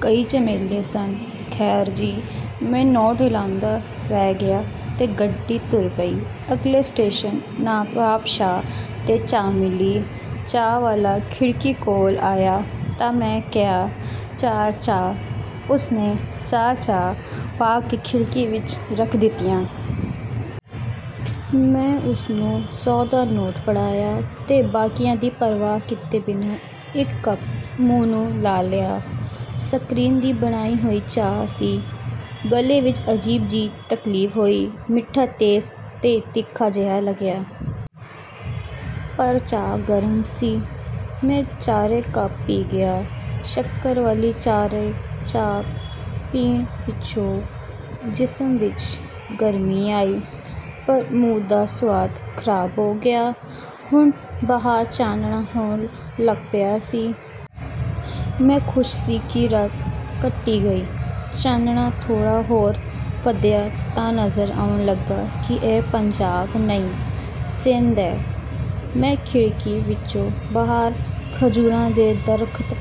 ਕਈ ਝਮੇਲੇ ਸਨ। ਖ਼ੈਰ ਜੀ, ਮੈਂ ਨੋਟ ਹਿਲਾਉਂਦਾ ਰਹਿ ਗਿਆ ਤੇ ਗੱਡੀ ਤੁਰ ਪਈ। ਅਗਲੇ ਸਟੇਸ਼ਨ, ਨਵਾਬਸ਼ਾਹ 'ਤੇ ਚਾਹ ਮਿਲੀ। ਚਾਹ ਵਾਲਾ ਖਿੜਕੀ ਕੋਲ ਆਇਆ ਤਾਂ ਮੈਂ ਕਿਹਾ, "ਚਾਰ ਚਾਹ।" ਉਸ ਨੇ ਚਾਰ ਚਾਹਾਂ ਪਾ ਕੇ ਖਿੜਕੀ ਵਿੱਚ ਰੱਖ ਦਿੱਤੀਆਂ। ਮੈਂ ਉਸ ਨੂੰ ਸੌ ਦਾ ਨੋਟ ਫੜਾਇਆ ਤੇ ਬਕਾਇਆ ਦੀ ਪ੍ਰਵਾਹ ਕੀਤੇ ਬਿਨਾਂ ਇੱਕ ਕੱਪ ਮੂੰਹ ਨੂੰ ਲਾ ਲਿਆ। ਸਕਰੀਨ ਦੀ ਬਣਾਈ ਹੋਈ ਚਾਹ ਸੀ। ਗਲੇ ਵਿੱਚ ਅਜੀਬ ਜਿਹੀ ਤਕਲੀਫ਼ ਹੋਈ। ਮਿੱਠਾ ਤੇਜ਼ ਤੇ ਤਿੱਖਾ ਜਿਹਾ ਲੱਗਿਆ। ਪਰ ਚਾਹ ਗਰਮ ਸੀ। ਮੈਂ ਚਾਰੇ ਕੱਪ ਪੀ ਗਿਆ। ਸ਼ੱਕਰ ਵਾਲੀਆਂ ਚਾਰੇ ਚਾਹਾਂ ਪੀਣ ਪਿੱਛੋਂ ਜਿਸਮ ਵਿੱਚ ਗਰਮੀ ਆਈ, ਪਰ ਮੂੰਹ ਦਾ ਸਵਾਦ ਖ਼ਰਾਬ ਹੋ ਗਿਆ। ਹੁਣ ਬਾਹਰ ਚਾਨਣ ਹੋਣ ਲੱਗ ਪਿਆ ਸੀ। ਮੈਂ ਖ਼ੁਸ਼ ਸੀ ਕਿ ਰਾਤ ਕੱਟੀ ਗਈ। ਚਾਨਣ ਥੋੜ੍ਹਾ ਹੋਰ ਵਧਿਆ ਤਾਂ ਨਜ਼ਰ ਆਉਣ ਲੱਗਾ ਕਿ ਇਹ ਪੰਜਾਬ ਨਹੀਂ, ਸਿੰਧ ਹੈ। ਮੈਂ ਖਿੜਕੀ ਵਿੱਚੋਂ ਬਾਹਰ ਖਜੂਰਾਂ ਦੇ ਦਰਖ਼ਤ,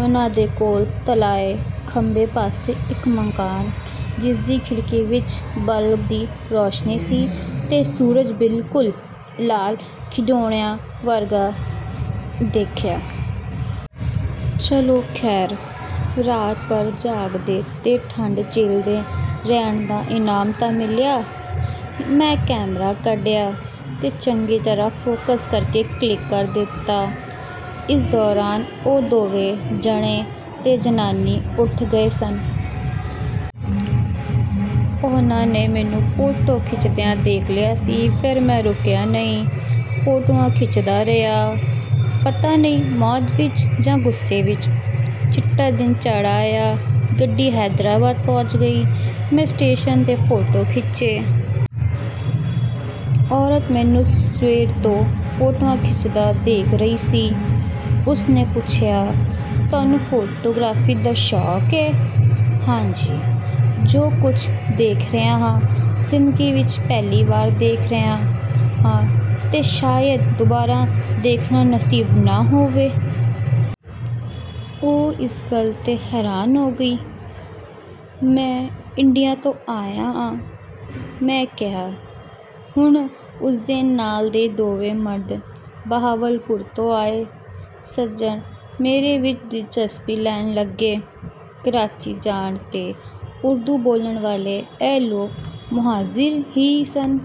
ਉਹਨਾਂ ਦੇ ਕੋਲ ਤਲਾਅ, ਖੱਬੇ ਪਾਸੇ ਇੱਕ ਮਕਾਨ, ਜਿਸ ਦੀ ਖਿੜਕੀ ਵਿੱਚ ਬੱਲਬ ਦੀ ਰੋਸ਼ਨੀ ਸੀ, ਤੇ ਸੂਰਜ ਬਿਲਕੁਲ ਲਾਲ ਖਿਡੌਣੇ ਵਰਗਾ ਦੇਖਿਆ। ਚਲੋ ਖ਼ੈਰ, ਰਾਤ ਭਰ ਜਾਗਦੇ ਤੇ ਠੰਡ ਝੱਲਦੇ ਰਹਿਣ ਦਾ ਇਨਾਮ ਤਾਂ ਮਿਲਿਆ। ਮੈਂ ਕੈਮਰਾ ਕੱਢਿਆ ਤੇ ਚੰਗੀ ਤਰ੍ਹਾਂ ਫੋਕਸ ਕਰਕੇ ਕਲਿੱਕ ਕਰ ਦਿੱਤਾ। ਇਸ ਦੌਰਾਨ ਉਹ ਦੋਵੇਂ ਜਣੇ ਤੇ ਜਨਾਨੀ ਉੱਠ ਗਏ ਸਨ। ਉਹਨਾਂ ਨੇ ਮੈਨੂੰ ਫੋਟੋ ਖਿੱਚਦਿਆਂ ਦੇਖ ਲਿਆ ਸੀ। ਫਿਰ ਮੈਂ ਰੁਕਿਆ ਨਹੀਂ। ਫੋਟੋਆਂ ਖਿੱਚਦਾ ਰਿਹਾ। ਪਤਾ ਨਹੀਂ, ਮੌਜ ਵਿੱਚ ਜਾਂ ਗੁੱਸੇ ਵਿੱਚ। ਚਿੱਟਾ ਦਿਨ ਚੜ੍ਹ ਆਇਆ। ਗੱਡੀ ਹੈਦਰਾਬਾਦ ਪਹੁੰਚ ਗਈ। ਮੈਂ ਸਟੇਸ਼ਨ ਦੇ ਫੋਟੋ ਖਿੱਚੇ। ਔਰਤ ਮੈਨੂੰ ਸਵੇਰ ਤੋਂ ਫੋਟੋਆਂ ਖਿੱਚਦਾ ਦੇਖ ਰਹੀ ਸੀ। ਉਸ ਨੇ ਪੁੱਛਿਆ, "ਤੁਹਾਨੂੰ ਫੋਟੋਗ੍ਰਾਫੀ ਦਾ ਸ਼ੌਕ ਏ?" "ਹਾਂ ਜੀ... ਜੋ ਕੁਝ ਦੇਖ ਰਿਹਾ ਹਾਂ, ਜ਼ਿੰਦਗੀ ਵਿੱਚ ਪਹਿਲੀ ਵਾਰ ਦੇਖ ਰਿਹਾ ਹਾਂ ਤੇ ਸ਼ਾਇਦ ਦੁਬਾਰਾ ਦੇਖਣਾ ਨਸੀਬ ਨਾ ਹੋਵੇ।" ਉਹ ਇਸ ਗੱਲ 'ਤੇ ਹੈਰਾਨ ਹੋ ਗਈ। "ਮੈਂ ਇੰਡੀਆ ਤੋਂ ਆਇਆ ਆਂ," ਮੈਂ ਕਿਹਾ। ਹੁਣ ਉਸ ਦੇ ਨਾਲ ਦੇ ਦੋਵੇਂ ਮਰਦ ਤੇ ਬਹਾਵਲਪੁਰ ਤੋਂ ਆਏ ਸੱਜਣ ਮੇਰੇ ਵਿੱਚ ਦਿਲਚਸਪੀ ਲੈਣ ਲੱਗੇ। ਕਰਾਚੀ ਜਾਣ ਤੇ ਉਰਦੂ ਬੋਲਣ ਵਾਲੇ ਇਹ ਲੋਕ 'ਮੁਹਾਜਿਰ' ਹੀ ਸਨ।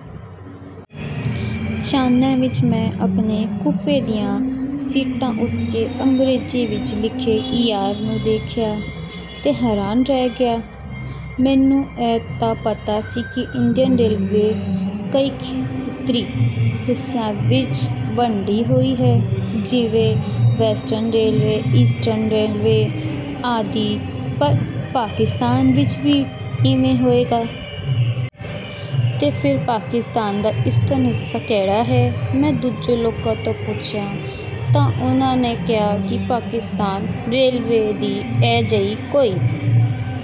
ਚਾਨਣ ਵਿੱਚ ਮੈਂ ਆਪਣੇ ਕੂਪੇ ਦੀਆਂ ਸੀਟਾਂ ਉੱਤੇ ਅੰਗਰੇਜ਼ੀ ਵਿੱਚ ਲਿਖੇ 'ਈ. ਆਰ' ਨੂੰ ਦੇਖਿਆ ਤੇ ਹੈਰਾਨ ਰਹਿ ਗਿਆ। ਮੈਨੂੰ ਇਹ ਤਾਂ ਪਤਾ ਸੀ ਕਿ ਇੰਡੀਅਨ ਰੇਲਵੇ ਕਈ ਖੇਤਰੀ ਹਿੱਸਿਆਂ ਵਿੱਚ ਵੰਡੀ ਹੋਈ ਹੈ, ਜਿਵੇਂ ਵੈਸਟਰਨ ਰੇਲਵੇ, ਈਸਟਰਨ ਰੇਲਵੇ ਆਦਿ, ਪਰ ਪਾਕਿਸਤਾਨ ਵਿੱਚ ਵੀ ਇਵੇਂ ਹੋਵੇਗਾ? ਤੇ ਫਿਰ ਪਾਕਿਸਤਾਨ ਦਾ ਈਸਟਰਨ ਹਿੱਸਾ ਕਿਹੜਾ ਹੈ? ਮੈਂ ਦੂਜੇ ਲੋਕਾਂ ਤੋਂ ਪੁੱਛਿਆ ਤਾਂ ਉਹਨਾਂ ਨੇ ਕਿਹਾ ਕਿ ਪਾਕਿਸਤਾਨ ਰੇਲਵੇ ਦੀ ਅਜਿਹੀ ਕੋਈ...